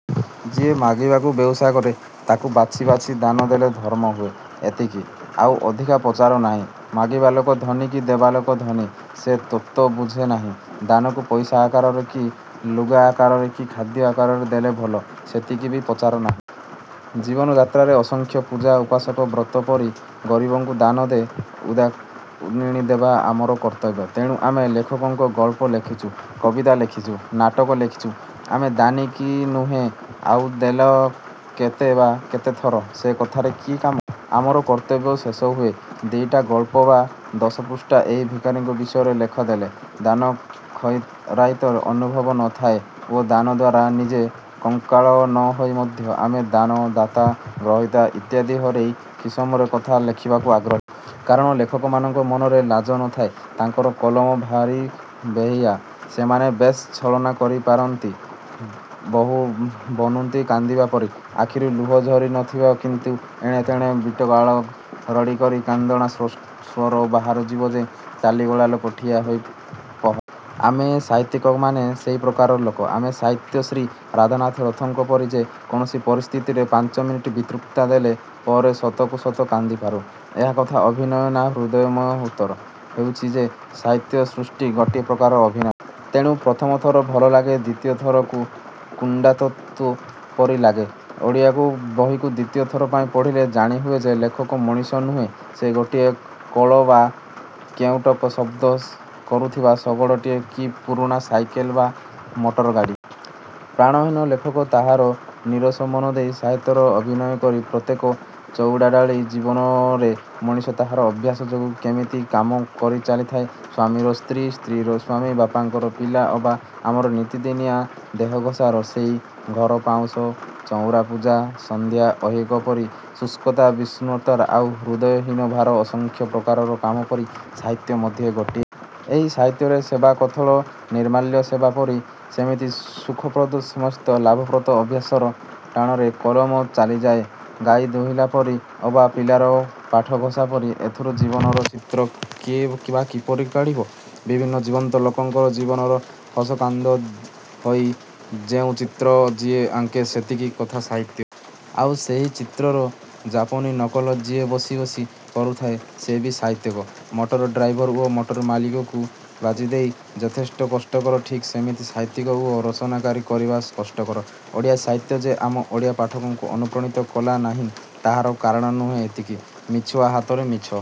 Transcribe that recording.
ଯିଏ ମାଗିବାକୁ ବେଉଷା କରେ ତାକୁ ବାଛି ବାଛି ଦାନ ଦେଲେ ଧର୍ମ ହୁଏ।... ଏତିକି। ଆଉ ଅଧିକା ପଚାର ନାହିଁ। ମାଗିବା ଲୋକ ଧନୀ କି ଦେବା ଲୋକ ଧନୀ–ସେ ତତ୍ତ୍ୱ ବୁଝ ନାହିଁ। ଦାନକୁ ପଇସା ଆକାରରେ, କି ଲୁଗା ଆକାରରେ କି ଖାଦ୍ୟ ଆକାରରେ ଦେଲେ ଭଲ–ସେକଥା ବି ପଚାର ନାହିଁ-। ଜୀବନଯାତ୍ରାର ଅସଂଖ୍ୟ ପୂଜା ଉପବାସ ବ୍ରତ ପରି ଗରିବକୁ ଦାନ, ଦେ–ଦେଉଣିଙ୍କୁ ଦବା ଆମର କର୍ତ୍ତବ୍ୟ। ତେଣୁ ଆମେ ଲେଖକମାନେ ଗଳ୍ପ ଲେଖୁଛୁ, କବିତା ଲେଖୁଛୁ, ନାଟକ ଲେଖୁଛୁ-। ଆମେ ଦାନୀ କି ନୁହଁ ଆଉ ଦେଲୁ କେତେ ବା କେତେ ଥର–ସେ କଥାରେ କି କାମ? ଆମର କର୍ତ୍ତବ୍ୟ ଶେଷ ହୁଏ ଦିଓଟି ଗଳ୍ପ ବା ଦଶପୃଷ୍ଠା ଏହି ଭିକାରୀଙ୍କ ବିଷୟରେ ଲେଖି ଦେଲେ। ଦାନ ଖଇରାତର ଅନୁଭବ ନ ଥାଇ ଓ ଦାନ ଦ୍ୱାରା ନିଜେ କାଙ୍ଗାଳ ନ ହୋଇ ମଧ୍ୟ ଆମେ ଦାନ, ଦାତା, ଗ୍ରହୀତା ଇତ୍ୟାଦି ହରେକ କିସମର କଥା ଲେଖିବାକୁ ଆଗ୍ରହୀ। କାରଣ ଲେଖକମାନଙ୍କର ମନରେ ଲାଜ ନ ଥାଏ–ତାଙ୍କର କଲମ ଭାରି ବେହିଆ। ସେମାନେ ବେଶ୍ ଛଳନା କରିପାରନ୍ତି–ବାହୁନି କାନ୍ଦିବା ପରି। ଆଖିରୁ ଲୁହ ଝରୁ ନ ଥିବ କିନ୍ତୁ ଏଣେ ଏଡ଼େ ବିକଟାଳ ରଡ଼ି କରି କାନ୍ଦଣା ସ୍ୱର ବାହାରୁଥିବ ଯେ ଚାଲିଗଲା ଲୋକ ଠିଆ ହୋଇଯିବ ପହରେ। ଆମେ ସାହିତ୍ୟିକମାନେ ସେହି ପ୍ରକାରର ଲୋକ। ଆମେ ସାହିତ୍ୟିକ ଶ୍ରୀ ରାଧାନାଥ ରଥଙ୍କ ପରି ଯେ କୌଣସି ପରିସ୍ଥିତିରେ ପାଞ୍ଚମିନିଟ୍ ବକ୍ତୃତା ଦେଲା ପରେ ସତକୁ ସତ କାନ୍ଦିପାରୁ-। ଏହା କ'ଣ ଅଭିନୟ ନା ହୃଦୟର ମହତ୍ତ୍ୱ? ଉତ୍ତର ହେଉଛି ଯେ ସାହିତ୍ୟ ସୃଷ୍ଟି ଗୋଟାଏ ପ୍ରକାରର ଅଭିନୟ। ତେଣୁ ପ୍ରଥମ ଥର ଭଲ ଲାଗେ। ଦ୍ୱିତୀୟ ତୃତୀୟ ଥରକୁ କୁଣ୍ତାତସୁ ପରି ଲାଗେ। ଓଡ଼ିଆ ବହିକୁ ଦ୍ୱିତୀୟ ଥର ପାଇଁ ପଢ଼ିଲେ ଜାଣିହୁଏ ଯେ ଲେଖକ ମଣିଷ ନୁହେଁ–ସିଏ ଗୋଟାଏ କଳ ଅବା କେଁକଟର ଶଦ୍ଦ କରୁଥିବା ଶଗଡ଼ଟିଏ କି ପୁରୁଣା ସାଇକଲ୍ ଅବା ମଟରଟିଏ। ପ୍ରାଣହୀନ ଲେଖକ ତାହାର ନିରସ ମନ ନେଇ ସାହିତ୍ୟର ଅଭିନୟ କରେ। ପ୍ରତ୍ୟେକ ଚଡ଼ଡାଳିକା ଜୀବନରେ ମଣିଷ ତାହାର ଅଭ୍ୟାସ ଯୋଗୁଁ କେମିତି କାମ କରି ଚାଲିଥାଏ। ସ୍ୱାମୀର ସ୍ତ୍ରୀ, ସ୍ତ୍ରୀର ସ୍ୱାମୀ, ବାପମାଙ୍କର ପିଲା ଅବା ଆମର ନିତିଦିନିଆ ଦେହଘସା ରୋଷେଇ, ଘର ପହଁରା, ଚଉରା ପୂଜା, ସନ୍ଧ୍ୟା ଆହ୍ନିକ ପରି ଶୁଷ୍କତା ବିଷର୍ଣ୍ଣତା ଆଉ ହୃଦୟହୀନତାରେ ଭରା ଅସଂଖ୍ୟ ପ୍ରକାରର କାମ ପରି ସାହିତ୍ୟ ମଧ୍ୟ ଗୋଟିଏ। ଏହି ସାହିତ୍ୟର ସେବା କୋଥଳି ନିର୍ମାଲ୍ୟ ସେବା ପରି ଯେମିତି ସୁଖପ୍ରଦ ସେମିତି ଲାଭପ୍ରଦ। ଅଭ୍ୟାସର ଟାଣରେ କଲମ ଚାଲିଯାଏ ଗାଈ ଦୁହିଁଲା ପରି ଅବା ପିଲାର ପାଠଘୋଷା ପରି। ଏଥରୁ ଜୀବନର ଚିତ୍ର କିଏ ବା କିପରି କାଢ଼ିବ? ବିଭିନ୍ନ ଜୀବନ୍ତ ଲୋକଙ୍କର ଜୀବନର ହସକାନ୍ଦ ଦିଆ ହୋଇ ଯେଉଁ ଚିତ୍ର ଯିଏ ଆଙ୍କେ ସେତକ ହୁଏ ସାହିତ୍ୟ। ଆଉ ସେହି ଚିତ୍ରର ଯାପାନୀ ନକଲ ଯିଏ ବସି ବସି କରୁଥାଏ ସେ ବି ସାହିତ୍ୟିକ। ମଟର ଡ୍ରାଇଭର ଓ ମଟର ମାଲିକକୁ ବାରିଦେବା ଯେପରି କଷ୍ଟକର ଠିକ୍ ସେମିତି ସାହିତ୍ୟିକ ଓ ରଚନାକାରକୁ ବାରିବା କଷ୍ଟକର। ଓଡ଼ିଆ ସାହିତ୍ୟ ଯେ ଆମ ଓଡ଼ିଆ ପାଠକଙ୍କୁ ଅନୁପ୍ରାଣିତ କଲା ନାହିଁ ତାହାର କାରଣ ହେଲା ଏତିକି। ମିଛୁଆ ହାତରେ ମିଛ